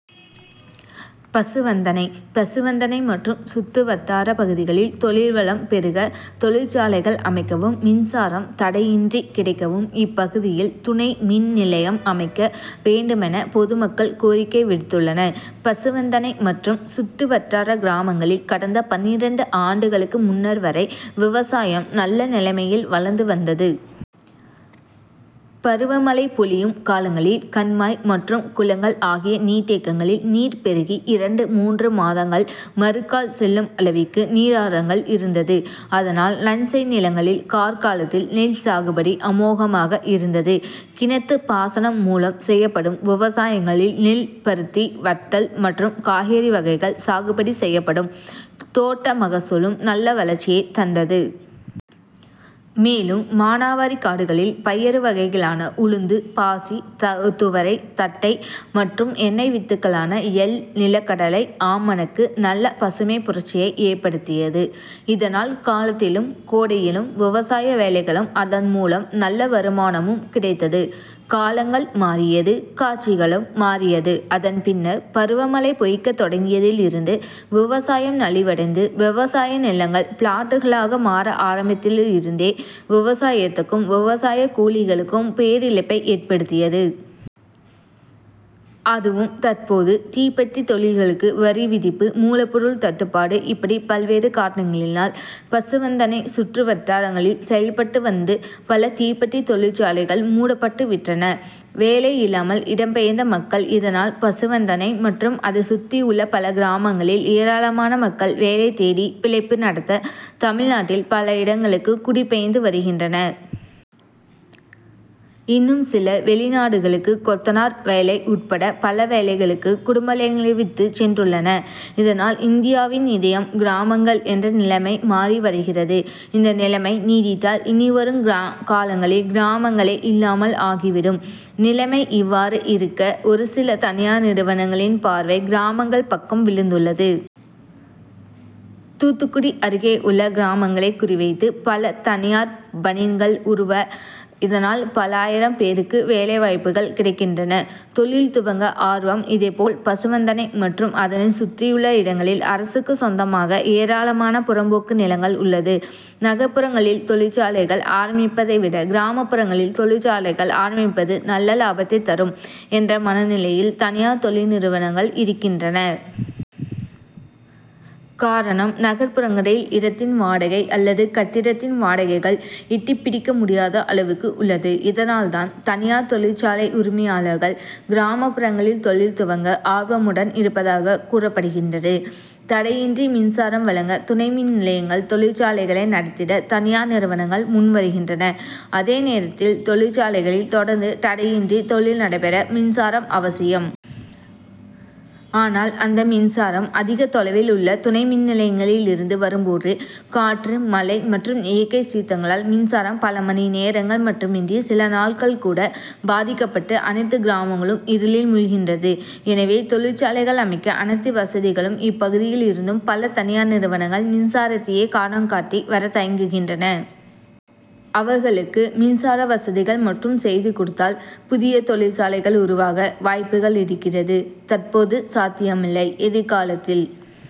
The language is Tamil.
பசுவந்தனை பசுவந்தனை மற்றும் சுத்து வட்டார பகுதிகளில் தொழில் வளம் பெருக தொழிற்சாலைகள் அமைக்கவும் மின்சாரம் தடையின்றி கிடைக்கவும் இப்பகுதியில் துணை மின்நிலையம் அமைக்க வேண்டுமென பொதுமக்கள் கோரிக்கை விடுத்துள்ளனர். பசுவந்தனை மற்றும் சுத்து வட்டார கிராமங்களில் கடந்த பன்னிரண்டு ஆண்டுகளுக்கு முன்னர் வரை விவசாயம் நல்ல நிலைமையில் வளர்ந்து வந்தது. பருவமழை பொழியும் காலங்களில் கண்மாய் மற்றும் குளங்கள் ஆகிய நீர்த்தேக்கங்களில் நீர் பெருகி இரண்டு மூன்று மாதங்கள் மறுகால் செல்லும் அளவிற்கு நீராரங்கள் இருந்தது. அதனால் நன்செய் நிலங்களில் கார் காலத்தில் நெல் சாகுபடி அமோகமாக இருந்தது. கிணத்து பாசனம் மூலம் செய்யப்படும் விவசாயங்களில் நெல், பருத்தி, வத்தல் மற்றும் காய்கறி வகைகள் சாகுபடி செய்யப்படும் தோட்ட மகசூலும் நல்ல வளர்ச்சியை தந்தது. மேலும் மானாவாரி காடுகளில் பயறு வகைகளான உளுந்து, பாசி, துவரை, தட்டை மற்றும் எண்ணெய் வித்துக்களான எள், நிலக்கடலை, ஆமணக்கு நல்ல பசுமை புரட்சியை ஏற்படுத்தியது. இதனால் காலத்திலும் கோடையிலும் விவசாய வேலைகளும் அதன் மூலம் நல்ல வருமானமும் கிடைத்தது. காலங்கள் மாறியது காட்சிகளும் மாறியது அதன் பின்னர் பருவமழை பொய்க்க தொடங்கியதில் இருந்து விவசாயம் நலிவடைந்து விவசாய நிலங்கள் பிளாட்டுகளாக மாற ஆரம்பித்தலில் இருந்தே விவசாயத்திற்கும் விவசாய கூலிகளுக்கும் பேரிழப்பை ஏற்படுத்தியது. அதுவும் தற்போது தீப்பெட்டி தொழில்களுக்கு வரி விதிப்பு, மூலப்பொருள் தட்டுப்பாடு இப்படி பல்வேறு காரணங்களினால் பசுவந்தனை சுற்றுவட்டாரங்களில் செயல்பட்டு வந்து பல தீப்பெட்டி தொழிற்சாலைகள் மூடப்பட்டு விட்டன. வேலை இல்லாமல் இடம் பெயர்ந்த மக்கள் இதனால் பசுவந்தனை மற்றும் அதை சுற்றியுள்ள பல கிராமங்களில் ஏராளமான மக்கள் வேலை தேடி பிழைப்பு நடத்த தமிழ்நாட்டில் பல இடங்களுக்கு குடிபெயர்ந்து வருகின்றனர். இன்னும் சிலர் வெளிநாடுகளுக்கு கொத்தனார் வேலை உட்பட பலவேலைகளுக்கு குடும்பலங்களை விட்டு சென்றுள்ளனர். இதனால் இந்தியாவின் இதயம் கிராமங்கள் என்ற நிலைமை மாறி வருகிறது. இந்த நிலமை நீடித்தால் இனிவரும் காலங்களில் கிராம ங்களே இல்லாமல் ஆகிவிடும். நிலமை இவ்வாறு இருக்க, ஒரு சில தனியார் நிறுவனங்களின் பார்வை கிராமங்கள் பக்கம் விழுந்துள்ளது. தூத்துக்குடி அருகேயுள்ள கிராமங்களை குறிவைத்து பல தனியார் பனின்கள் உருவ. இதனால் பல ஆயிரம் பேருக்கு வேலை வாய்ப்புகள் கிடைக்கின்றன. தொழில் துவங்க ஆர்வம்இதைப்போல் பசுவந்தனை மற்றும் அதனை சுத்தியுள்ள இடங்களில் அரசுக்கு சொந்தமாக ஏராளமான புறம்போக்கு நிலங்கள் உள்ளது. நகர்ப்புறங்களில் தொழிற் சாலைகள் ஆரம்பிப்பதை விட கிராமப்புறங்களில் தொழி ற்சாலைகள் ஆரம்பிப்பது நல்ல லாபத்தை தரும் என்ற மன நிலையில் தனியார் தொழிற்நிறுவனங்கள் இருக் கின்றன. காரணம் நகர்ப்புறங்களில் இடத்தின் வாடகை, அல்லது கட்டிடத்தின் வாடகைகள் எட்டிப்பிடிக்கமுடியாத அளவுக்கு உள்ளது. இதனால்தான் தனியார் தொழிற்சாலை உரிமையாளர்கள் கிராமப்புறங்களில் தொழில்துவங்க ஆர்வமுடன் இருப்பதாக கூறப்படுகின்றது. தடையின்றி மின்சாரம் வழங்க துணை மின்நிலையங்கள்தொழிற்சாலைகளை நடத்திட தனியார் நிறுவனங்கள் முன் வருகின்றன அதே நேரத்தில் தொழிற்சாலைகளில் தொடர்ந்து தடையின்றி தொழில் நடைபெற மின்சாரம் அவசியம். ஆனால் அந்த மின்சாரம் அதிக தொலைவில் உள்ள துணை மின்நிலையங்களில் இருந்து வரும்போது காற்று மழை மற்றும் இயற்கை சீத்தங்களால் மின்சாரம் பல மணி நேரங்கள் மட்டுமின்றி சில நாள்கள் கூட பாதிக்கப்பட்டு அனைத்து கிராமங்களும் இருளில் மூழ்கின்றது. எனவே தொழிற்சாலைகள் அமை க்க அனைத்து வசதிகளும் இப்பகுதியில் இருந்தும் பல தனியார் நிறுவனங்கள் மின்சாரத்தையே காரணம் காட்டி வர தயங்குகின்றனர். அவர்களுக்கு மின்சார வசதிகள் மட்டும் செய்துகொடுத்தால் புதிய தொழிற்சாலைகள் உருவாக வாய்ப்புகள் இருக்கிறது. தற்போது சாத்தியமில்லை.. எதிர்காலத்தில்..!